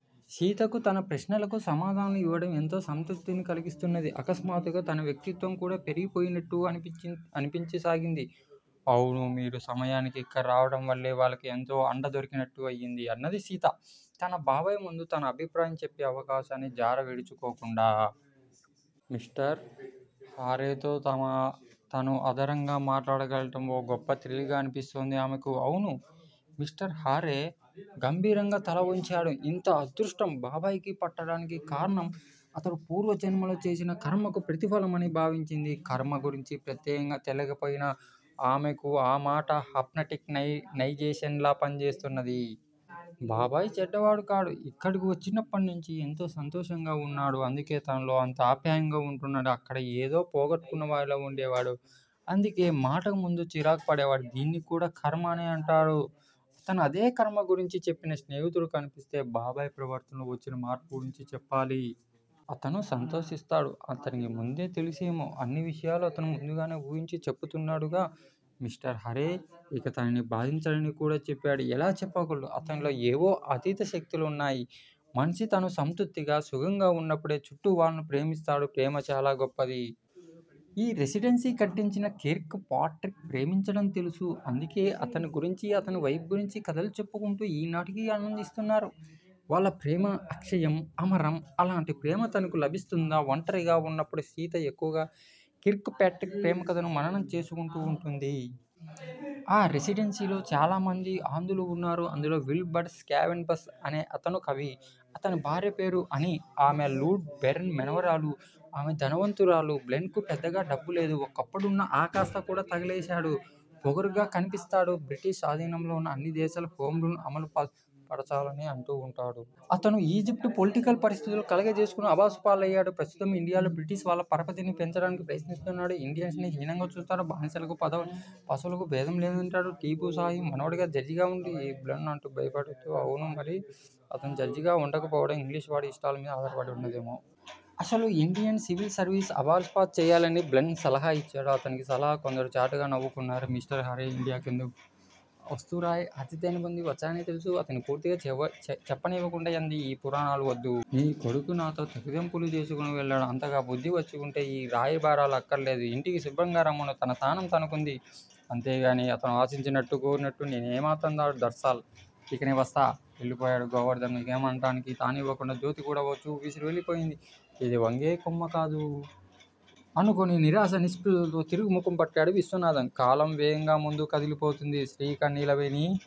సీతకు తన ప్రశ్నలకు సమాధానాలు ఇవ్వడం ఎంతో సంతృప్తిని కలిగిస్తున్నది. అకస్మాత్తుగా తన వ్యక్తిత్వం కూడా పెరిగిపోయినట్టుగా అన్పించసాగింది. అవును! మీరు సమయానికి ఇక్కడకు రావడంవల్లే వాళ్ళకు ఎంతో అండదొరికినట్టు అయింది. అన్నది సీత తన బాబాయి ముందు తన అభిప్రాయం చెప్పే అవకాశాన్ని జారవిడుచుకోకుండా. మిస్టర్ హారేతో తను ఆధరంగా మాట్లాడగలగడం ఓ గొప్ప థ్రిల్ గా అనిపిస్తోంది ఆమెకు. అవును! మిస్టర్ హారే గంభీరంగా తలవంచాడు. ఇంత అదృష్టం బాబాయికి పట్టడానికి కారణం అతను పూర్వజన్మలో చేసిన కర్మకు ప్రతిఫలమని భావించింది. కర్మ గురించి ప్రత్యేకంగా తెలియకపోయినా ఆమెకు ఆ మాట హిప్నటిక్ నైజేషన్ లా పనిచేస్తున్నది. బాబాయ్ చెడ్డవాడు కాడు. ఇక్కడకు వచ్చినప్పటినుంచి ఎంతో సంతోషంగా వున్నాడు. అందుకే తనతో అంత ఆప్యాయంగా వుంటున్నాడు. అక్కడ ఏదో పోగొట్టుకున్నవాడిలా వుండేవాడు. అందుకే మాటకుముందు చిరాకు పడేవాడు. దీన్ని కూడా కర్మ అనే అంటారు. అతను అదే కర్మ గురించి చెప్పిన స్నేహితుడు కన్పిస్తే బాబాయి ప్రవర్తనలో వచ్చిన మార్పు గురించి చెప్పాలి. అతను సంతోషిస్తాడు. అతనికి ముందే తెలుసేమో! అన్ని విషయాలు అతను ముందుగానే ఊహించి చెబుతున్నాడుగా. మిస్టర్ హారే ఇక తనని బాధించడని కూడా చెప్పాడు. ఎలా చెప్పగలడు? అతనిలో ఏవో అతీత శక్తులున్నాయి. మనిషి తను సంతృప్తిగా, సుఖంగా ఉన్నప్పుడే చుట్టూ వాళ్ళను ప్రేమిస్తాడు. ప్రేమ చాలా గొప్పది. ఈ రెసిడెన్సీని కట్టించిన కిర్క్ పాట్రిక్ కు ప్రేమించడం తెలుసు. అందుకే అతని గురించీ, అతని వైఫ్ గురించి కథలు చెప్పుకుంటూ ఈనాటికీ ఆనందిస్తున్నారు. వాళ్ళ ప్రేమ అక్షయం, అమరం. అలాంటి ప్రేమ తనకు లభిస్తుందా? వంటరిగా ఉన్నప్పుడు సీత ఎక్కువగా కిర్క్ పాట్రిక్ ప్రేమకథను మననం చేసుకుంటూ వుంటుంది. ఆ రెసిడెన్సీలో చాలామంది అంధులు వున్నారు. అందులో విలబర్డ్ స్కావెన్ బస్ అనే అతను కవి. అతని భార్య పేరు అనీ. ఆమె లార్డు బెరన్ మనుమరాలు. ఆమె ధనవంతురాలు. బ్లన్ కు పెద్దగా డబ్బులేదు. ఒకప్పుడున్న ఆకాస్త కూడా తగలేశాడు. పొగరుగా కన్పిస్తాడు. బ్రిటిష్ ఆధీనంలో వున్న అన్ని దేశాలకూ హోంరూలును అమలు పరచాలని అంటూ వుంటాడు. అతను ఈజిప్టు పొలిటికల్ పరిస్థితుల్లో కలుగజేసుకొని అభాసుపాలయ్యాడు. ప్రస్తుతం ఇండియాలో బ్రిటిష్ వాళ్ళ పరపతిని పెంచటానికి ప్రయత్నిస్తున్నాడు. ఇండియన్స్ ను హీనంగా చూస్తాడు. బానిసలకూ పశువులకూ భేదం లేదంటాడు. టీపూ సాహెబ్ మనుమడు జడ్జిగా వుండి కూడా బ్లన్ అంటే భయపడేవాడు. అవును! మరి! అతను జడ్జిగా వుండకపోవటం ఇంగ్లీషువాడి ఇష్టాల మీద ఆధారపడి వున్నదాయె! అసలు ఇండియన్ సివిల్ సర్వీసును అబాలిష్ చెయ్యాలని బ్లన్ సలహా ఇచ్చాడు. అతని సలహాకు కొందరు చాటుగా నవ్వుకున్నారు. మిస్టర్ హారే ఇండియాకు ఎందుకు వచ్చాడో అతనికి తెలుసు. వస్తూవస్తూ రాయ్ ఆతిథ్యాన్ని పొంది వచ్చాడని తెలుసు. అతన్ని పూర్తిగా చెప్పనివ్వకుండానే అంది. ఈ పురాణాలు వద్దు. నీ కొడుకు నాతో తెగతెంపులు చేసుకుని వెళ్ళాడు. అంతగా బుద్ధి వచ్చివుంటే యీ రాయబారాలు అక్కరలేదు. ఇంటికి శుభ్రంగా రమ్మను. తన స్థానం తనకుంది. అంతేగానీ అతను ఆశించినట్టు కోరినట్టు నేను మాత్రం రాను! దట్సాల్! యికనే వస్తా? వెళ్ళిపోయాడు గోవర్ధనం ఇంకేం అనటానికీ తావివ్వకుండా జ్యోతికూడా ఓ చూపు విసిరి వెళ్ళిపోయింది ఇది వంగేకొమ్మ కాదు! అనుకుని నిరాశా నిస్పృహలతో తిరుగు ముఖంపట్టాడు విశ్వనాథం. కాలం వేగంగా ముందుకు కదలిపోతోంది. శ్రీకర్ నీలవేణి